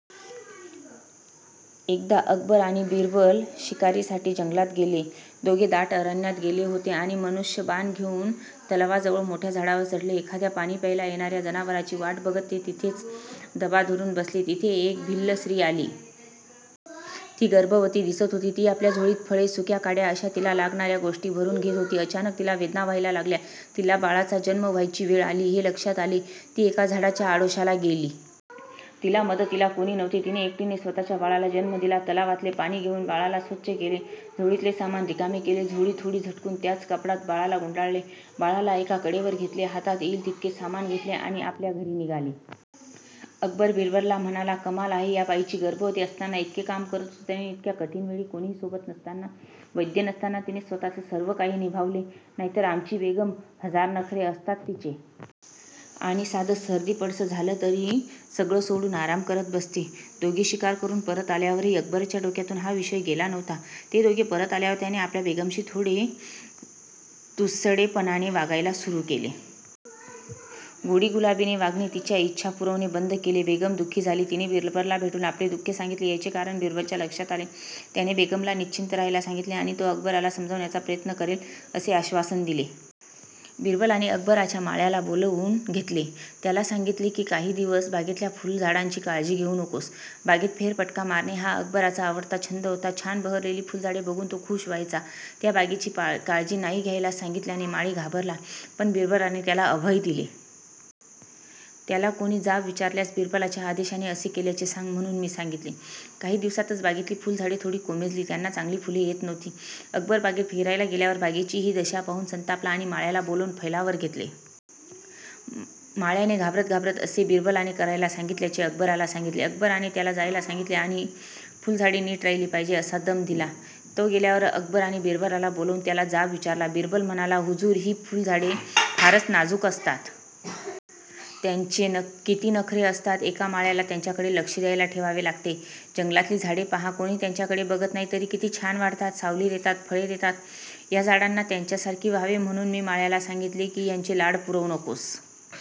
एकदा अकबर आणि बिरबल शिकारीसाठी जंगलात गेले. दोघे दाट अरण्यात गेले होते आणि धनुष्य बाण घेऊन तलावाजवळ मोठ्या झाडावर चढले. एखाद्या पाणी प्यायला येणाऱ्या जनावराची वाट बघत ते तिथेच दबा धरून बसले. तिथे एक भिल्ल स्त्री आली. ती गर्भवती दिसत होती. ती आपल्या झोळीत फळे, सुक्या काड्या अशा तिला लागणाऱ्या गोष्टी भरून घेत होती. अचानक तिला वेदना व्हायला लागल्या. तिला बाळाचा जन्म व्हायची वेळ झाली आहे हे लक्षात आले. ती एका झाडाच्या आडोशाला गेली. तिला मदतीला कोणी नव्हते. तिने एकटीने स्वतःच बाळाला जन्म दिला. तलावातले पाणी घेऊन बाळाला स्वच्छ केले. झोळीतले सामान रिकामे केले, झोळी थोडी झटकून त्याच कपड्यात बाळाला गुंडाळले. बाळाला एका कडेवर घेतले, हातात येईल तितके सामान घेतले आणि आपल्या घरी निघाली. अकबर बिरबलाला म्हणाला. कमाल आहे या बाईची. गर्भवती असताना इतके काम करत होती. आणि इतक्या कठीण वेळी कोणीही सोबत नसताना, वैद्य नसताना तिने स्वतःच सर्व काही निभावले. नाही तर आमची बेगम. हजार नखरे असतात तिचे. आणि साधं सर्दी पडसं झालं तरी सगळं सोडून आराम करत बसते. दोघे शिकार करून परत आल्यावरही अकबराच्या डोक्यातुन हा विषय गेला नव्हता. ते दोघे परत आल्यावर त्याने आपल्या बेगमशी थोडे तुसडेपणाने वागायला सुरु केले. गोडीगुलाबीने वागणे, तिच्या इच्छा पुरवणे बंद केले. बेगम दुःखी झाली. तिने बिरबलाला भेटून आपले दुःख सांगितले. ह्याचे कारण बिरबलाच्या लक्षात आले. त्याने बेगमला निश्चित राहायला सांगितले आणि तो अकबराला समजावण्याचा प्रयत्न करेल असे आश्वासन दिले. बिरबलाने अकबराच्या माळ्याला बोलावुन घेतले. त्याला सांगितले कि काही दिवस बागेतल्या फुलझाडांची काळजी घेऊ नकोस. बागेत फेरफटका मारणे हा अकबराचा आवडता छंद होता. छान बहरलेली फुलझाडे बघुन तो खुश व्हायचा. त्या बागेची काळजी नाही घ्यायला सांगितल्याने माळी घाबरला, पण बिरबलाने त्याला अभय दिले. त्याला कोणी जाब विचारल्यावर बिरबलाच्या आदेशाने असे केल्याचे सांग म्हणुन सांगितले. काही दिवसातच बागेतली फुलझाडे थोडी कोमेजली. त्यांना चांगली फुले येत नव्हती. अकबर बागेत फिरायला गेल्यावर बागेची हि दशा पाहुन संतापला आणि माळ्याला बोलावून फैलावर घेतले. माळ्याने घाबरत घाबरत असे बिरबलाने करायला सांगितल्याचे अकबराला सांगितले. अकबराने त्याला जायला सांगितले आणि फुलझाडे नीट राहिली पाहिजेत असा दम दिला. तो गेल्यावर अकबराने बिरबलाला बोलावुन त्याला जाब विचारला. बिरबल म्हणाला हुजूर, हि फुलझाडे फारच नाजुक असतात. त्यांचे किती नखरे असतात. एका माळ्याला त्यांच्याकडे लक्ष द्यायला ठेवावे लागते. जंगलातली झाडे पहा. कोणी त्यांच्याकडे बघत नाही तरी किती छान वाढतात, सावली देतात, फळे देतात. ह्या झाडांनी त्यांच्यासारखे व्हावे म्हणुन मी माळ्याला सांगितले कि ह्यांचे लाड पुरवू नकोस.